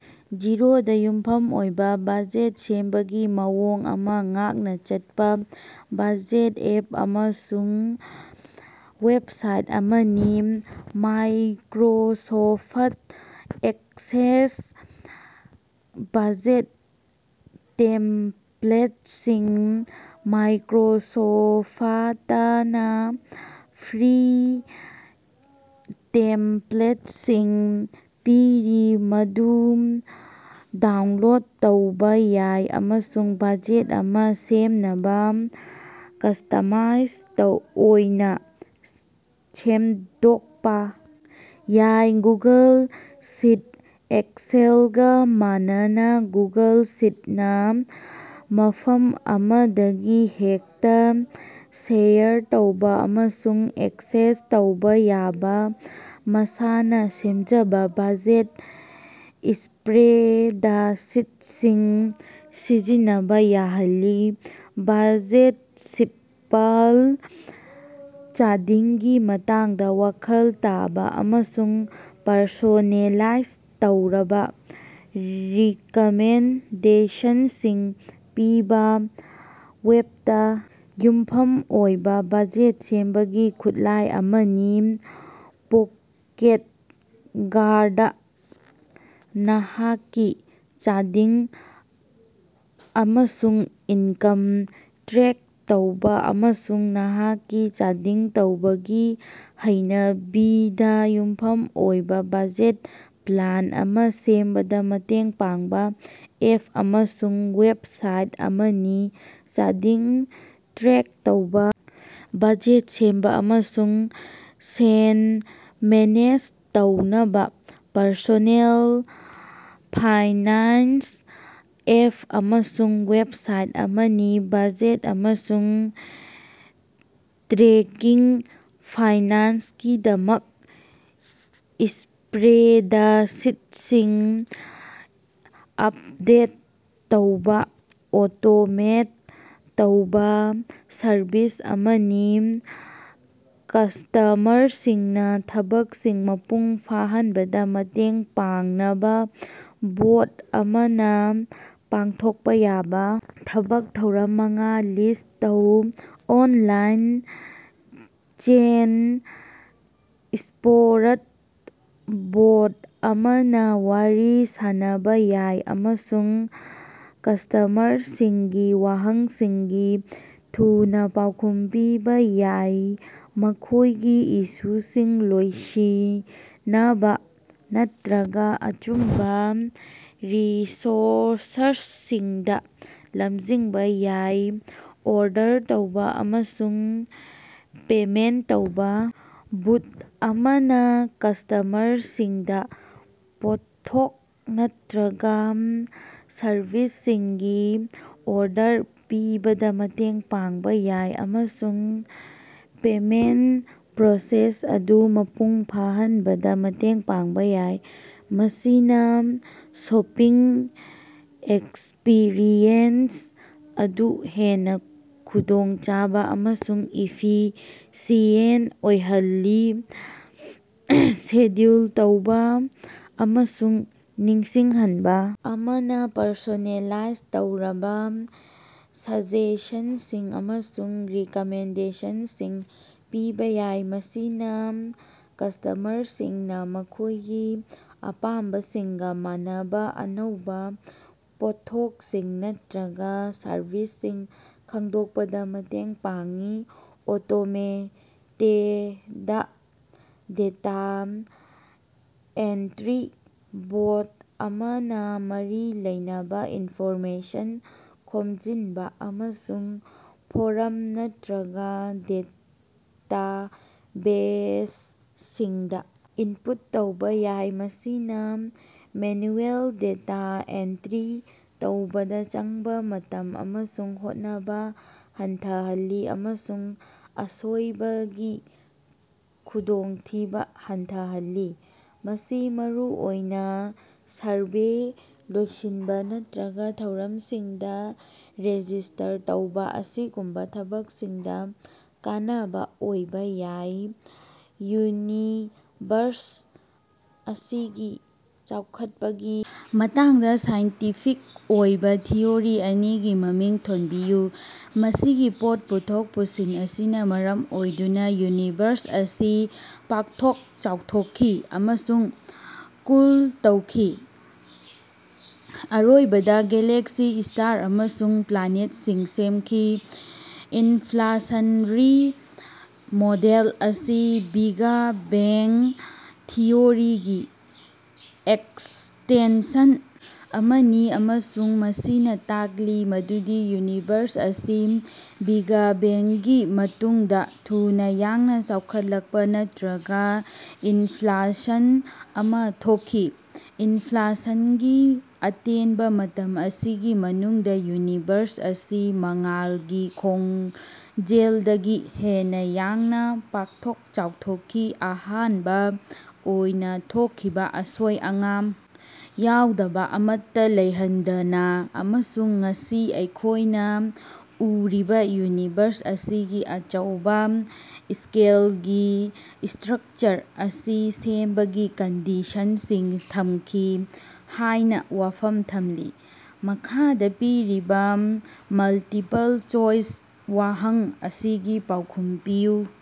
ꯖꯤꯔꯣꯗꯥ ꯌꯨꯝꯐꯝ ꯑꯣꯏꯕ ꯕꯖꯦꯠ ꯁꯦꯝꯕꯒꯤ ꯃꯑꯣꯡ ꯑꯃꯥ ꯉꯥꯛꯅ ꯆꯠꯄ ꯕꯖꯦꯠ ꯑꯦꯞ ꯑꯃꯁꯨꯡ ꯋꯦꯕꯁꯥꯏꯠ ꯑꯃꯅꯤ꯫ ꯃꯥꯏꯀꯔꯣꯁꯣꯐꯠ ꯑꯦꯛꯁꯦꯜ ꯕꯖꯦꯠ ꯇꯦꯝꯄ꯭ꯂꯦꯠꯁꯤꯡ: ꯃꯥꯏꯀꯔꯣꯁꯣꯐꯇꯅꯥ ꯐ꯭ꯔꯤ ꯇꯦꯝꯄꯂꯦꯠꯁꯤꯡ ꯄꯤꯔꯤ ꯃꯗꯨ ꯗꯥꯎꯟꯂꯣꯗ ꯇꯧꯕ ꯌꯥꯏ ꯑꯃꯁꯨꯡ ꯕꯖꯦꯠ ꯑꯃꯥ ꯁꯦꯝꯅꯕ ꯀꯁꯇꯃꯥꯏꯁ ꯇꯧ ꯑꯣꯏꯅ ꯁꯦꯝꯗꯣꯛꯄ ꯌꯥꯏ꯫ ꯒꯨꯒꯜ ꯁꯤꯠ: ꯑꯦꯛꯁꯦꯜꯒ ꯃꯥꯟꯅꯅ ꯒꯨꯒꯜ ꯁꯤꯠꯅ ꯃꯐꯝ ꯑꯃꯗꯒꯤ ꯍꯦꯛꯇ ꯁꯦꯌꯔ ꯇꯧꯕ ꯑꯃꯁꯨꯡ ꯑꯦꯛꯁꯦꯁ ꯇꯧꯕ ꯌꯥꯕ ꯃꯁꯥꯅ ꯁꯦꯝꯖꯕ ꯕꯖꯦꯠ ꯁ꯭ꯄꯔꯦꯗꯁꯤꯠꯁꯤꯡ ꯁꯤꯖꯤꯟꯅꯕ ꯌꯥꯍꯜꯂꯤ꯫ ꯕꯖꯦꯠꯁꯤꯝꯄꯜ: ꯆꯥꯗꯤꯡꯒꯤ ꯃꯇꯥꯡꯗ ꯋꯥꯈꯜ ꯇꯥꯕ ꯑꯃꯁꯨꯡ ꯄꯔꯁꯣꯅꯦꯂꯥꯏꯖ ꯇꯧꯔꯕ ꯔꯤꯀꯃꯦꯟꯗꯦꯁꯟꯁꯤꯡ ꯄꯤꯕ ꯋꯦꯕꯇ ꯌꯨꯝꯐꯝ ꯑꯣꯏꯕ ꯕꯖꯦꯠ ꯁꯦꯝꯕꯒꯤ ꯈꯨꯠꯂꯥꯏ ꯑꯃꯅꯤ꯫ ꯄꯣꯀꯦꯠꯒꯥꯔꯗ: ꯅꯍꯥꯛꯀꯤ ꯆꯥꯗꯤꯡ ꯑꯃꯁꯨꯡ ꯏꯟꯀꯝ ꯇ꯭ꯔꯦꯛ ꯇꯧꯕ ꯑꯃꯁꯨꯡ ꯅꯍꯥꯛꯀꯤ ꯆꯥꯗꯤꯡ ꯇꯧꯕꯒꯤ ꯍꯩꯅꯕꯤꯗ ꯌꯨꯝꯐꯝ ꯑꯣꯏꯕ ꯕꯖꯦꯠ ꯄ꯭ꯂꯥꯟ ꯑꯃꯥ ꯁꯦꯝꯕꯗ ꯃꯇꯦꯡ ꯄꯥꯡꯕ ꯑꯦꯞ ꯑꯃꯁꯨꯡ ꯋꯦꯕꯁꯥꯏꯠ ꯑꯃꯅꯤ꯫ ꯆꯥꯗꯤꯡ ꯇ꯭ꯔꯦꯛ ꯇꯧꯕ ꯕꯖꯦꯠ ꯁꯦꯝꯕ, ꯑꯃꯁꯨꯡ ꯁꯦꯟ ꯃꯦꯅꯦꯖ ꯇꯧꯅꯕ ꯄꯔꯁꯣꯅꯦꯜ ꯐꯥꯏꯅꯥꯟꯁ ꯑꯦꯞ ꯑꯃꯁꯨꯡ ꯋꯦꯕꯁꯥꯏꯠ ꯑꯃꯅꯤ꯫ ꯕꯖꯦꯠ ꯑꯃꯁꯨꯡ ꯇ꯭ꯔꯦꯀꯤꯡ ꯐꯥꯏꯅꯥꯟꯁꯀꯤꯗꯃꯛ ꯁ꯭ꯄꯔꯦꯗꯁꯤꯠꯁꯤꯡ ꯑꯞꯗꯦꯠ ꯇꯧꯕ ꯑꯣꯇꯣꯃꯦꯠ ꯇꯧꯕ ꯁꯔꯚꯤꯁ ꯑꯃꯅꯤ꯫ ꯀꯁ꯭ꯇꯃꯔꯁꯤꯡꯅ ꯊꯕꯛꯁꯤꯡ ꯃꯄꯨꯡ ꯐꯥꯍꯟꯕꯗ ꯃꯇꯦꯡ ꯄꯥꯡꯅꯕ ꯕꯣꯠ ꯑꯃꯅ ꯄꯥꯡꯊꯣꯛꯄ ꯌꯥꯕ ꯊꯕꯛ ꯊꯧꯔꯝ ꯃꯉꯥ ꯂꯤꯁ꯭ꯠ ꯇꯧ꯫ ꯑꯣꯟꯂꯥꯏꯟ ꯆꯦꯠ ꯁꯄꯣꯔꯠ: ꯕꯣꯠ ꯑꯃꯅ ꯋꯥꯔꯤ ꯁꯥꯅꯕ ꯌꯥꯏ ꯑꯃꯁꯨꯡ ꯀꯁ꯭ꯇꯃꯔꯁꯤꯡꯒꯤ ꯋꯥꯍꯪꯁꯤꯡꯒꯤ ꯊꯨꯅ ꯄꯥꯎꯈꯨꯝ ꯄꯤꯕ ꯌꯥꯏ, ꯃꯈꯣꯏꯒꯤ ꯏꯁꯨꯁꯤꯡ ꯂꯣꯏꯁꯤꯅꯕ ꯅꯠꯇꯔꯒ ꯑꯆꯨꯝꯕ ꯔꯤꯁꯣꯔꯁꯁꯤꯡꯗ ꯂꯝꯖꯤꯡꯕ ꯌꯥꯏ꯫ ꯑꯣꯔꯗꯔ ꯇꯧꯕ ꯑꯃꯁꯨꯡ ꯄꯦꯃꯦꯟꯇ ꯇꯧꯕꯥ ꯕꯨꯠ ꯑꯃꯅ ꯀꯁꯇꯃꯔꯁꯤꯡꯗ ꯄꯣꯠꯊꯣꯛ ꯅꯠꯇꯔꯒ ꯁꯔꯚꯤꯁꯁꯤꯡꯒꯤ ꯑꯣꯔꯗꯔ ꯄꯤꯕꯗ ꯃꯇꯦꯡ ꯄꯥꯡꯕ ꯌꯥꯏ ꯑꯃꯁꯨꯡ ꯄꯦꯃꯦꯟꯠ ꯄ꯭ꯔꯣꯁꯦꯁ ꯑꯗꯨ ꯃꯄꯨꯡ ꯐꯥꯍꯟꯕꯗ ꯃꯇꯦꯡ ꯄꯥꯡꯕ ꯌꯥꯏ, ꯃꯁꯤꯅ ꯁꯣꯄꯤꯡ ꯑꯦꯛꯁꯄꯤꯔꯤꯑꯦꯟꯁ ꯑꯗꯨ ꯍꯦꯟꯅ ꯈꯨꯗꯣꯡꯆꯥꯕ ꯑꯃꯁꯨꯡ ꯏꯐꯤꯁꯤꯑꯦꯟꯠ ꯑꯣꯏꯍꯜꯂꯤ꯫ ꯁꯦꯗ꯭ꯌꯨꯜ ꯇꯧꯕ ꯑꯃꯁꯨꯡ ꯅꯤꯡꯁꯤꯡꯍꯟꯕ ꯑꯃꯅ ꯄꯔꯁꯣꯅꯦꯂꯥꯏꯖ ꯇꯧꯔꯕ ꯁꯖꯦꯁꯟꯁꯤꯡ ꯑꯃꯁꯨꯡ ꯔꯤꯀꯃꯦꯟꯗꯦꯁꯟꯁꯤꯡ ꯄꯤꯕ ꯌꯥꯏ, ꯃꯁꯤꯅ ꯀꯁꯇꯃꯔꯁꯤꯡꯅ ꯃꯈꯣꯏꯒꯤ ꯑꯄꯥꯝꯕꯁꯤꯡꯒ ꯃꯥꯟꯅꯕ ꯑꯅꯧꯕ ꯄꯣꯠꯊꯣꯛꯁꯤꯡ ꯅꯠꯇꯔꯒ ꯁꯔꯚꯤꯁꯁꯤꯡ ꯈꯪꯗꯣꯛꯄꯗ ꯃꯇꯦꯡ ꯄꯥꯡꯏ꯫ ꯑꯣꯇꯣꯃꯦꯇꯦꯗ ꯗꯦꯇꯥ ꯑꯦꯟꯇ꯭ꯔꯤ: ꯕꯣꯠ ꯑꯃꯅ ꯃꯔꯤ ꯂꯩꯅꯕ ꯏꯟꯐꯣꯔꯃꯦꯁꯟ ꯈꯣꯝꯖꯤꯟꯕ ꯑꯃꯁꯨꯡ ꯐꯣꯔꯝ ꯅꯠꯇ꯭ꯔꯒ ꯗꯦꯇꯥꯕꯦꯖꯁꯤꯡꯗ ꯏꯟꯄꯨꯠ ꯇꯧꯕ ꯌꯥꯏ, ꯃꯁꯤꯅ ꯃꯦꯅꯨꯑꯦꯜ ꯗꯦꯇꯥ ꯑꯦꯟꯇꯔꯤ ꯇꯧꯕꯗ ꯆꯪꯕꯥ ꯃꯇꯝ ꯑꯃꯁꯨꯡ ꯍꯣꯠꯅꯕ ꯍꯟꯊꯍꯜꯂꯤ ꯑꯃꯁꯨꯡ ꯑꯁꯣꯏꯕꯒꯤ ꯈꯨꯗꯣꯡꯊꯤꯕ ꯍꯟꯊꯍꯜꯂꯤ꯫ ꯃꯁꯤ ꯃꯔꯨꯑꯣꯏꯅ ꯁꯔꯚꯦ ꯂꯣꯏꯁꯤꯟꯕ ꯅꯠꯇ꯭ꯔꯒ ꯊꯧꯔꯝꯁꯤꯡꯗ ꯔꯦꯖꯤꯁꯇꯔ ꯇꯧꯕ ꯑꯁꯤꯒꯨꯝꯕ ꯊꯕꯛꯁꯤꯡꯗ ꯀꯥꯟꯅꯕ ꯑꯣꯏꯕ ꯌꯥꯏ꯫ ꯌꯨꯅꯤꯚꯔꯁ ꯑꯁꯤꯒꯤ ꯆꯥꯎꯈꯠꯄꯒꯤ ꯃꯇꯥꯡꯗ ꯁꯥꯏꯟꯇꯤꯐꯤꯛ ꯑꯣꯏꯕ ꯊꯤꯎꯔꯤ ꯑꯅꯤꯒꯤ ꯃꯃꯤꯡ ꯊꯣꯟꯕꯤꯌꯨ꯫ ꯃꯁꯤꯒꯤ ꯄꯣꯠ ꯄꯨꯊꯣꯛ ꯄꯨꯁꯤꯟ ꯑꯁꯤꯅ ꯃꯔꯝ ꯑꯣꯏꯗꯨꯅ ꯌꯨꯅꯤꯚꯔꯁ ꯑꯁꯤ ꯄꯥꯛꯊꯣꯛ-ꯆꯥꯎꯊꯣꯛꯈꯤ ꯑꯃꯁꯨꯡ ꯀꯨꯜ ꯇꯧꯈꯤ, ꯑꯔꯣꯏꯕꯗ ꯒꯦꯂꯦꯛꯁꯤ, ꯁ꯭ꯇꯥꯔ ꯑꯃꯁꯨꯡ ꯄ꯭ꯂꯥꯅꯦꯠꯁꯤꯡ ꯁꯦꯝꯈꯤ꯫ ꯏꯟꯐ꯭ꯂꯦꯁꯟꯔꯤ ꯃꯣꯗꯦꯜ ꯑꯁꯤ ꯕꯤꯒ ꯕꯦꯡ ꯊꯤꯑꯣꯔꯤꯒꯤ ꯑꯦꯛꯁꯇꯦꯟꯁꯟ ꯑꯃꯅꯤ, ꯑꯃꯁꯨꯡ ꯃꯁꯤꯅ ꯇꯥꯛꯂꯤ ꯃꯗꯨꯗꯤ ꯌꯨꯅꯤꯚꯔꯁ ꯑꯁꯤ ꯕꯤꯒ ꯕꯦꯡꯒꯤ ꯃꯇꯨꯡꯗ ꯊꯨꯅ ꯌꯥꯡꯅ ꯆꯥꯎꯈꯠꯂꯛꯄ ꯅꯠꯇꯔꯒ ꯏꯟꯐ꯭ꯂꯦꯁꯟ ꯑꯃꯥ ꯊꯣꯛꯈꯤ꯫ ꯏꯟꯐ꯭ꯂꯦꯁꯟꯒꯤ ꯑꯇꯦꯟꯕ ꯃꯇꯝ ꯑꯁꯤꯒꯤ ꯃꯅꯨꯡꯗ, ꯌꯨꯅꯤꯚꯔꯁ ꯑꯁꯤ ꯃꯉꯥꯜꯒꯤ ꯈꯣꯡꯖꯦꯜꯗꯒꯤ ꯍꯦꯟꯅ ꯌꯥꯡꯅ ꯄꯥꯛꯊꯣꯛ-ꯆꯥꯎꯊꯣꯛꯈꯤ, ꯑꯍꯥꯟꯕ ꯑꯣꯏꯅ ꯊꯣꯛꯈꯤꯕ ꯑꯁꯣꯏ-ꯑꯉꯥꯝ ꯌꯥꯎꯗꯕ ꯑꯃꯠꯇ ꯂꯩꯍꯟꯗꯅ ꯑꯃꯁꯨꯡ ꯉꯁꯤ ꯑꯩꯈꯣꯏꯅ ꯎꯔꯤꯕ ꯌꯨꯅꯤꯚꯔꯁ ꯑꯁꯤꯒꯤ ꯑꯆꯧꯕ ꯁ꯭ꯀꯦꯜꯒꯤ ꯁ꯭ꯇꯔꯛꯆꯔ ꯑꯁꯤ ꯁꯦꯝꯕꯒꯤ ꯀꯟꯗꯤꯁꯟꯁꯤꯡ ꯊꯝꯈꯤ ꯍꯥꯏꯅ ꯋꯥꯐꯝ ꯊꯝꯂꯤ꯫ ꯃꯈꯥꯗ ꯄꯤꯔꯤꯕ ꯃꯜꯇꯤꯄꯜ ꯆꯣꯏꯁ ꯋꯥꯍꯪ ꯑꯁꯤꯒꯤ ꯄꯥꯎꯈꯨꯝ ꯄꯤꯌꯨ꯫